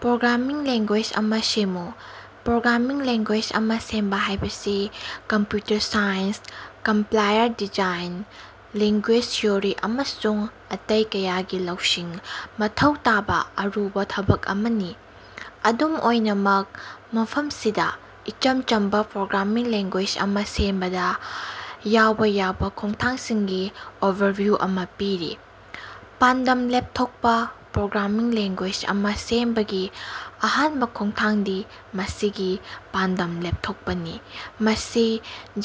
Programming language ꯑꯃꯥ ꯁꯦꯝꯃꯨ꯫ Programming language ꯑꯃꯥ ꯁꯦꯝꯕ ꯍꯥꯏꯕꯁꯤ computer science, compiler design, language theory ꯑꯃꯁꯨꯡ ꯑꯇꯩ ꯀꯌꯥꯒꯤ ꯂꯧꯁꯤꯡ ꯃꯊꯧ ꯇꯥꯕ ꯑꯔꯨꯕ ꯊꯕꯛ ꯑꯃꯅꯤ꯫ ꯑꯗꯨꯝ ꯑꯣꯏꯅꯃꯛ, ꯃꯐꯝꯁꯤꯗ ꯏꯆꯝ ꯆꯝꯕꯥ ꯄ꯭ꯔꯣꯒ꯭ꯔꯥꯃꯤꯡ ꯂꯦꯡ꯭ꯒꯨꯌꯦꯖ ꯑꯃꯥ ꯁꯦꯝꯕꯗ ꯌꯥꯎꯕ ꯌꯥꯕ ꯈꯣꯡꯊꯥꯡꯁꯤꯡꯒꯤ ꯑꯣꯚꯔꯚꯤꯌꯨ ꯑꯃꯥ ꯄꯤꯔꯤ꯫ ꯄꯥꯟꯗꯝ ꯂꯦꯞꯊꯣꯛꯄ ꯄ꯭ꯔꯣꯒ꯭ꯔꯥꯃꯤꯡ ꯂꯦꯡ꯭ꯒꯨꯌꯦꯖ ꯑꯃꯥ ꯁꯦꯝꯕꯒꯤ ꯑꯍꯥꯟꯕ ꯈꯣꯡꯊꯥꯡꯗꯤ ꯃꯁꯤꯒꯤ ꯄꯥꯟꯗꯝ ꯂꯦꯞꯊꯣꯛꯄꯅꯤ꯫ ꯃꯁꯤ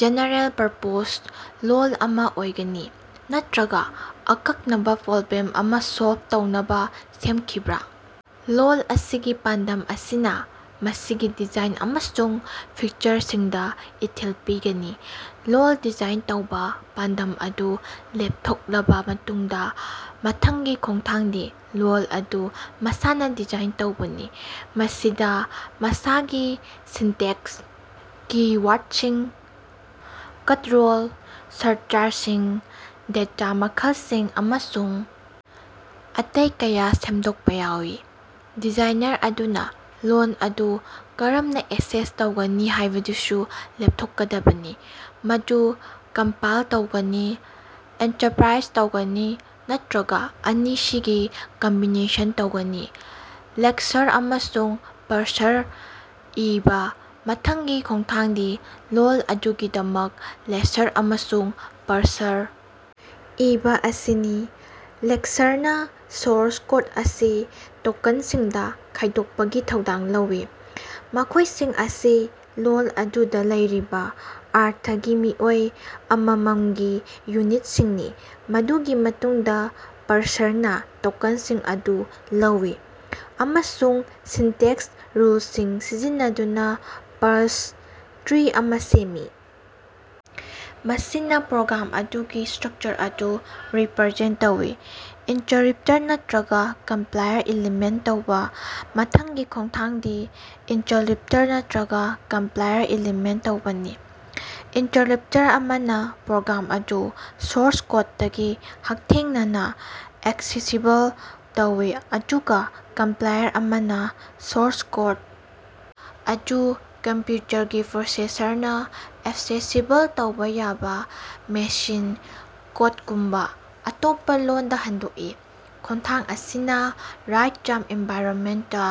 ꯖꯦꯅꯔꯦꯜ-ꯄꯔꯄꯣꯖ ꯂꯣꯜ ꯑꯃꯥ ꯑꯣꯏꯒꯅꯤ ꯅꯠꯇ꯭ꯔꯒ ꯑꯀꯛꯅꯕ ꯄ꯭ꯔꯣꯕ꯭ꯂꯦꯝ ꯑꯃꯥ ꯁꯣꯜꯕ ꯇꯧꯅꯕ ꯁꯦꯝꯈꯤꯕꯔꯥ? ꯂꯣꯜ ꯑꯁꯤꯒꯤ ꯄꯥꯟꯗꯝ ꯑꯁꯤꯅꯥ ꯃꯁꯤꯒꯤ ꯗꯤꯖꯥꯏꯟ ꯑꯃꯁꯨꯡ ꯐꯤꯆꯔꯁꯤꯡꯗ ꯏꯊꯤꯜ ꯄꯤꯒꯅꯤ꯫ ꯂꯣꯜ ꯗꯤꯖꯥꯏꯟ ꯇꯧꯕ ꯄꯥꯟꯗꯝ ꯑꯗꯨ ꯂꯦꯞꯊꯣꯛꯂꯕ ꯃꯇꯨꯡꯗ ꯃꯊꯪꯒꯤ ꯈꯣꯡꯊꯥꯡꯗꯤ ꯂꯣꯜ ꯑꯗꯨ ꯃꯁꯥꯅꯥ ꯗꯤꯖꯥꯏꯟ ꯇꯧꯕꯅꯤ꯫ ꯃꯁꯤꯗꯥ ꯃꯁꯤꯒꯤ ꯁꯤꯟꯇꯦꯛꯁ, ꯀꯤ-ꯋꯥꯔꯗꯁꯤꯡ, ꯀꯟꯠꯔꯣꯜ ꯁ꯭ꯠꯔꯀꯆꯔꯁꯤꯡ, ꯗꯦꯇꯥ ꯃꯈꯜꯁꯤꯡ ꯑꯃꯁꯨꯡ ꯑꯇꯩ ꯀꯌꯥ ꯁꯦꯝꯗꯣꯛꯄꯥ ꯌꯥꯎꯏ꯫ ꯗꯤꯖꯥꯏꯅꯔ ꯑꯗꯨꯅ ꯂꯣꯜ ꯑꯗꯨ ꯀꯔꯝꯅ ꯑꯦꯛꯁꯦꯁ ꯇꯧꯒꯅꯤ ꯍꯥꯏꯕꯗꯨꯁꯨ ꯂꯦꯞꯊꯣꯛꯀꯗꯕꯅꯤ, ꯃꯗꯨ ꯀꯝꯄꯥꯏꯜ ꯇꯧꯒꯅꯤ, ꯏꯟꯇꯔꯞꯔꯥꯏꯖ ꯇꯧꯒꯅꯤ ꯅꯠꯇ꯭ꯔꯒ ꯑꯅꯤꯁꯤꯒꯤ ꯀꯝꯕꯤꯅꯦꯁꯟ ꯇꯧꯒꯅꯤ꯫ ꯂꯦꯛꯁꯔ ꯑꯃꯁꯨꯡ ꯄꯥꯔꯁꯔ ꯏꯕꯥ ꯃꯊꯪꯒꯤ ꯈꯣꯡꯊꯥꯡꯗꯤ ꯂꯣꯜ ꯑꯗꯨꯒꯤꯗꯃꯛ ꯂꯦꯛꯁꯔ ꯑꯃꯁꯨꯡ ꯄꯥꯔꯁꯔ ꯏꯕꯥ ꯑꯁꯤꯅꯤ꯫ ꯂꯦꯛꯁꯔꯅꯥ ꯁꯣꯔꯁ ꯀꯣꯠ ꯑꯁꯤ ꯇꯣꯛꯀꯟꯁꯤꯡꯗ ꯈꯥꯏꯗꯣꯛꯄꯒꯤ ꯊꯧꯗꯥꯡ ꯂꯧꯏ, ꯃꯈꯣꯏꯁꯤꯡ ꯑꯁꯤ ꯂꯣꯜ ꯑꯗꯨꯗꯥ ꯂꯩꯔꯤꯕ ꯑꯔꯊꯒꯤ ꯃꯤꯑꯣꯏ ꯑꯃꯃꯝꯒꯤ ꯌꯨꯅꯤꯠꯁꯤꯡꯅꯤ꯫ ꯃꯗꯨꯒꯤ ꯃꯇꯨꯡꯗꯥ ꯄꯥꯔꯁꯔꯅꯥ ꯇꯣꯛꯀꯟꯁꯤꯡ ꯑꯗꯨ ꯂꯧꯏ ꯑꯃꯁꯨꯡ ꯁꯤꯟꯇꯦꯛꯁ ꯔꯨꯜꯁꯤꯡ ꯁꯤꯖꯤꯟꯅꯗꯨꯅꯥ ꯄꯥꯔꯁ ꯇ꯭ꯔꯤ ꯑꯃꯥ ꯁꯦꯝꯃꯤ, ꯃꯁꯤꯅꯥ ꯄ꯭ꯔꯣꯒ꯭ꯔꯥꯝ ꯑꯗꯨꯒꯤ ꯁ꯭ꯠꯔꯀꯆꯔ ꯑꯗꯨ ꯔꯤꯞꯔꯖꯦꯟ ꯇꯧꯏ꯫ ꯏꯟꯇꯔꯞꯔꯤꯇꯔ ꯅꯠꯇ꯭ꯔꯒ ꯀꯝꯄꯥꯏꯂꯔ ꯏꯝꯞꯂꯤꯃꯦꯟꯠ ꯇꯧꯕ ꯃꯊꯪꯒꯤ ꯈꯣꯡꯊꯥꯡꯗꯤ ꯏꯟꯇꯔꯞꯔꯤꯇꯔ ꯅꯠꯇ꯭ꯔꯒꯥ ꯀꯝꯄꯥꯏꯂꯔ ꯏꯝꯞꯂꯤꯃꯦꯟꯠ ꯇꯧꯕꯅꯤ꯫ ꯏꯟꯇꯔꯞꯔꯤꯇꯔ ꯑꯃꯅꯥ ꯄ꯭ꯔꯣꯒ꯭ꯔꯥꯝ ꯑꯗꯨ ꯁꯣꯔꯁ ꯀꯣꯠꯇꯒꯤ ꯍꯛꯊꯦꯡꯅꯅꯥ ꯑꯦꯛꯁꯦꯁꯤꯕꯜ ꯇꯧꯏ, ꯑꯗꯨꯒꯥ ꯀꯝꯄꯥꯏꯂꯔ ꯑꯃꯅꯥ ꯁꯣꯔꯁ ꯀꯣꯠ ꯑꯗꯨ ꯀꯝꯄꯌꯨꯇꯔꯒꯤ ꯄ꯭ꯔꯣꯁꯦꯁꯔꯅꯥ ꯑꯦꯛꯁꯦꯁꯤꯕꯜ ꯇꯧꯕ ꯌꯥꯕ ꯃꯦꯁꯤꯟ ꯀꯣꯠꯒꯨꯝꯕ ꯑꯇꯣꯞꯄꯥ ꯂꯣꯟꯗꯥ ꯍꯟꯗꯣꯛꯏ꯫ ꯈꯣꯡꯊꯥꯡ ꯑꯁꯤꯅꯥ ꯔꯟꯇꯥꯏꯝ ꯑꯦꯟꯚꯥꯏꯔꯣꯝꯃꯦꯟꯇ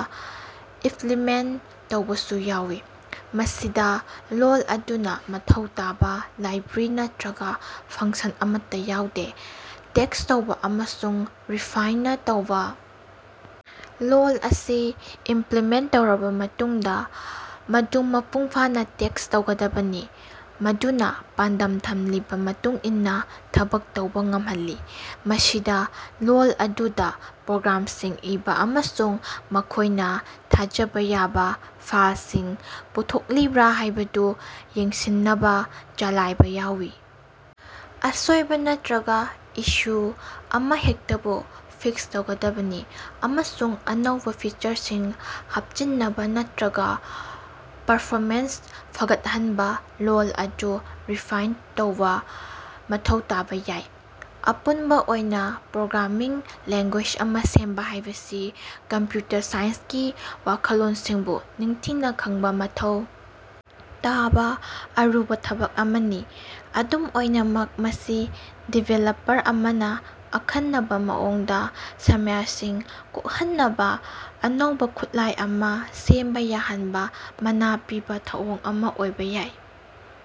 ꯏꯝꯞꯂꯤꯃꯦꯟꯠ ꯇꯧꯕꯁꯨ ꯌꯥꯎꯏ, ꯃꯁꯤꯗꯥ ꯂꯣꯜ ꯑꯗꯨꯅ ꯃꯊꯧ ꯇꯥꯕ ꯂꯥꯏꯕ꯭ꯔꯦꯔꯤ ꯅꯠꯇ꯭ꯔꯒ ꯐꯪꯁꯟ ꯑꯃꯠꯇꯥ ꯌꯥꯎꯗꯦ꯫ ꯇꯦꯁ꯭ꯠ ꯇꯧꯕꯥ ꯑꯃꯁꯨꯡ ꯔꯤꯐꯥꯏꯟꯅꯥ ꯇꯧꯕꯥ ꯂꯣꯜ ꯑꯁꯤ ꯏꯝꯞꯂꯤꯃꯦꯟꯠ ꯇꯧꯔꯕ ꯃꯇꯨꯡꯗꯥ ꯃꯗꯨ ꯃꯄꯨꯡ ꯐꯥꯅꯥ ꯇꯦꯁ꯭ꯠ ꯇꯧꯒꯗꯕꯅꯤ ꯃꯗꯨꯅꯥ ꯄꯥꯟꯗꯝ ꯊꯝꯂꯤꯕꯥ ꯃꯇꯨꯡ ꯏꯟꯅꯥ ꯊꯕꯛ ꯇꯧꯕꯥ ꯉꯝꯍꯜꯂꯤ꯫ ꯃꯁꯤꯗꯥ ꯂꯣꯜ ꯑꯗꯨꯗꯥ ꯄ꯭ꯔꯣꯒ꯭ꯔꯥꯝꯁꯤꯡ ꯏꯕꯥ ꯑꯃꯁꯨꯡ ꯃꯈꯣꯏꯅ ꯊꯥꯖꯕ ꯌꯥꯕ ꯐꯜꯁꯤꯡ ꯄꯨꯊꯣꯛꯂꯤꯕ꯭ꯔꯥ ꯍꯥꯏꯕꯗꯨ ꯌꯦꯡꯁꯤꯟꯅꯕ ꯆꯂꯥꯏꯕ ꯌꯥꯎꯏ꯫ ꯑꯁꯣꯏꯕ ꯅꯠꯇ꯭ꯔꯒ ꯏꯁꯨ ꯑꯃꯍꯦꯛꯇꯕꯨ ꯐꯤꯛꯁ ꯇꯧꯒꯗꯕꯅꯤ, ꯑꯃꯁꯨꯡ ꯑꯅꯧꯕ ꯐꯤꯆꯔꯁꯤꯡ ꯍꯥꯞꯆꯤꯟꯅꯕ ꯅꯠꯇ꯭ꯔꯒ ꯄꯔꯐꯣꯃꯦꯟꯁ ꯐꯒꯠꯍꯟꯅꯕ ꯂꯣꯜ ꯑꯗꯨ ꯔꯤꯐꯥꯏꯟꯗ ꯇꯧꯕ ꯃꯊꯧ ꯇꯥꯕ ꯌꯥꯏ꯫ ꯑꯄꯨꯟꯕ ꯑꯣꯏꯅ ꯄ꯭ꯔꯣꯒ꯭ꯔꯥꯝꯃꯤꯡ ꯂꯦꯡ꯭ꯒꯨꯌꯦꯖ ꯑꯃꯥ ꯁꯦꯝꯕ ꯍꯥꯏꯕꯁꯤ ꯀꯝꯞꯌꯨꯇꯔ ꯁꯥꯏꯟꯁꯀꯤ ꯋꯥꯈꯜꯂꯣꯟꯁꯤꯡꯕꯨ ꯅꯤꯡꯊꯤꯅꯥ ꯈꯪꯕ ꯃꯊꯧ ꯇꯥꯕ ꯑꯔꯨꯕ ꯊꯕꯛ ꯑꯃꯅꯤ꯫ ꯑꯗꯨꯝ ꯑꯣꯏꯅꯃꯛ, ꯃꯁꯤ ꯗꯤꯕꯦꯂꯄꯔ ꯑꯃꯅꯥ ꯑꯈꯟꯅꯕ ꯃꯑꯣꯡꯗꯥ ꯁꯃꯁ꯭ꯌꯥꯁꯤꯡ ꯀꯣꯛꯍꯟꯅꯕ ꯑꯅꯧꯕ ꯈꯨꯠꯂꯥꯏ ꯑꯃꯥ ꯁꯦꯝꯕ ꯌꯥꯍꯟꯕ ꯃꯅꯥ ꯄꯤꯕ ꯊꯧꯑꯣꯡ ꯑꯃꯥ ꯑꯣꯏꯕ ꯌꯥꯏ꯫